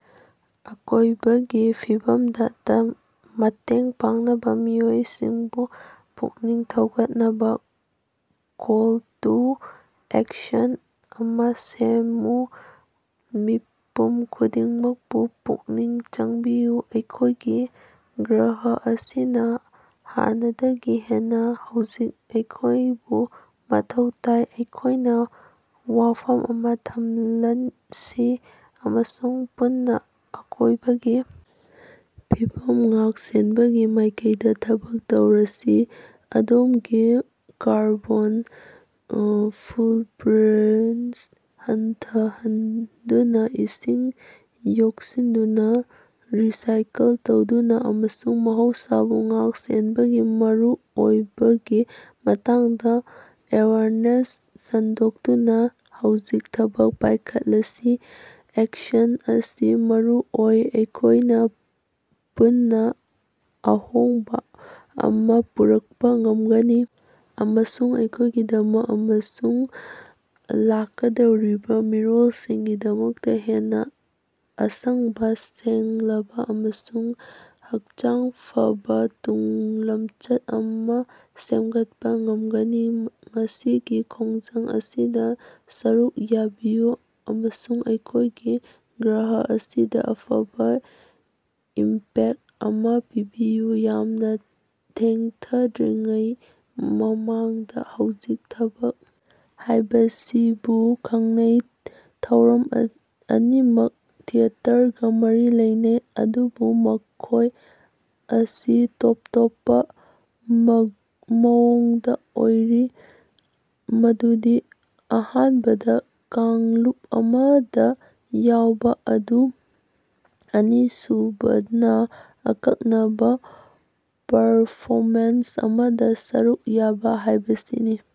ꯑꯀꯣꯏꯕꯒꯤ ꯐꯤꯕꯝꯗꯇ ꯃꯇꯦꯡ ꯄꯥꯡꯅꯕ ꯃꯤꯑꯣꯏꯁꯤꯡꯕꯨ ꯄꯨꯛꯅꯤꯡ ꯊꯧꯒꯠꯅꯕ ꯀꯣꯜ ꯇꯨ ꯑꯦꯛꯁꯟ ꯑꯃꯥ ꯁꯦꯝꯃꯨ꯫ ꯃꯤꯄꯨꯝ ꯈꯨꯗꯤꯡꯃꯛꯄꯨ ꯄꯨꯛꯅꯤꯡ ꯆꯪꯕꯤꯌꯨ꯫ ꯑꯩꯈꯣꯏꯒꯤ ꯒ꯭ꯔꯍ ꯑꯁꯤꯅ ꯍꯥꯟꯅꯗꯒꯤ ꯍꯦꯟꯅ ꯍꯧꯖꯤꯛ ꯑꯩꯈꯣꯏꯕꯨ ꯃꯊꯧ ꯇꯥꯏ꯫ ꯑꯩꯈꯣꯏꯅ ꯋꯥꯐꯝ ꯑꯃ ꯊꯝꯂꯟꯁꯤ ꯑꯃꯁꯨꯡ ꯄꯨꯟꯅ ꯑꯀꯣꯏꯕꯒꯤ ꯐꯤꯕꯝ ꯉꯥꯛ-ꯁꯦꯟꯕꯒꯤ ꯃꯥꯏꯀꯩꯗ ꯊꯕꯛ ꯇꯧꯔꯁꯤ꯫ ꯑꯗꯣꯝꯒꯤ ꯀꯥꯔꯕꯣꯟ ꯑ ꯐꯨꯜꯄ‌꯭ꯔꯤꯟꯁ ꯍꯟꯊꯍꯟꯗꯨꯅ, ꯏꯁꯤꯡ ꯌꯣꯛꯁꯤꯟꯗꯨꯅ, ꯔꯤꯁꯥꯏꯀꯜ ꯇꯧꯗꯨꯅ ꯑꯃꯁꯨꯡ ꯃꯍꯧꯁꯥꯕꯨ ꯉꯥꯛ-ꯁꯦꯟꯕꯒꯤ ꯃꯔꯨꯑꯣꯏꯕꯒꯤ ꯃꯇꯥꯡꯗ ꯑꯦꯋꯦꯌꯔꯅꯦꯁ ꯁꯟꯗꯣꯛꯇꯨꯅ ꯍꯧꯖꯤꯛ ꯊꯕꯛ ꯄꯥꯏꯈꯠꯂꯁꯤ꯫ ꯑꯦꯛꯁꯟ ꯑꯁꯤ ꯃꯔꯨ ꯑꯣꯏ꯫ ꯑꯩꯈꯣꯏꯅ ꯄꯨꯟꯅ ꯑꯍꯣꯡꯕ ꯑꯃꯥ ꯄꯨꯔꯛꯄ ꯉꯝꯒꯅꯤ ꯑꯃꯁꯨꯡ ꯑꯩꯈꯣꯏꯒꯤꯗꯃꯛ ꯑꯃꯁꯨꯡ ꯂꯥꯛꯀꯗꯧꯔꯤꯕ ꯃꯤꯔꯣꯜꯁꯤꯡꯒꯤꯗꯃꯛꯇ ꯍꯦꯟꯅ ꯑꯁꯪꯕ, ꯁꯦꯡꯂꯕ ꯑꯃꯁꯨꯡ ꯍꯛꯆꯥꯡ ꯐꯕ ꯇꯨꯡꯂꯝꯆꯠ ꯑꯃ ꯁꯦꯝꯒꯠꯄ ꯉꯝꯒꯅꯤ꯫ ꯉꯁꯤꯒꯤ ꯈꯣꯡꯖꯪ ꯑꯁꯤꯗ ꯁꯔꯨꯛ ꯌꯥꯕꯤꯌꯨ ꯑꯃꯁꯨꯡ ꯑꯩꯈꯣꯏꯒꯤ ꯒ꯭ꯔꯍ ꯑꯁꯤꯗ ꯑꯐꯕ ꯏꯝꯄꯦꯛ ꯑꯃ ꯄꯤꯕꯤꯌꯨ꯫ ꯌꯥꯝꯅ ꯊꯦꯡꯊꯗ꯭ꯔꯤꯉꯩ ꯃꯃꯥꯡꯗ ꯍꯧꯖꯤꯛ ꯊꯕꯛ ꯍꯥꯏꯕꯁꯤꯕꯨ ꯈꯪꯅꯩ꯫ ꯊꯧꯔꯝ ꯑ ꯑꯅꯤꯃꯛ ꯊꯤꯌꯦꯇꯔꯒꯥ ꯃꯔꯤ ꯂꯩꯅꯩ, ꯑꯗꯨꯕꯨ ꯃꯈꯣꯏ ꯑꯁꯤ ꯇꯣꯞ ꯇꯣꯞꯄ ꯃ ꯃꯑꯣꯡꯗ ꯑꯣꯏꯔꯤ ꯃꯗꯨꯗꯤ ꯑꯍꯥꯟꯕꯗꯥ ꯀꯥꯡꯂꯨꯞ ꯑꯃꯗ ꯌꯥꯎꯕ ꯑꯗꯨꯒ ꯑꯅꯤꯁꯨꯕꯅ ꯑꯀꯛꯅꯕ ꯄꯔꯐꯣꯃꯦꯟꯁ ꯑꯃꯗ ꯁꯔꯨꯛ ꯌꯥꯕ ꯍꯥꯏꯕꯁꯤꯅꯤ꯫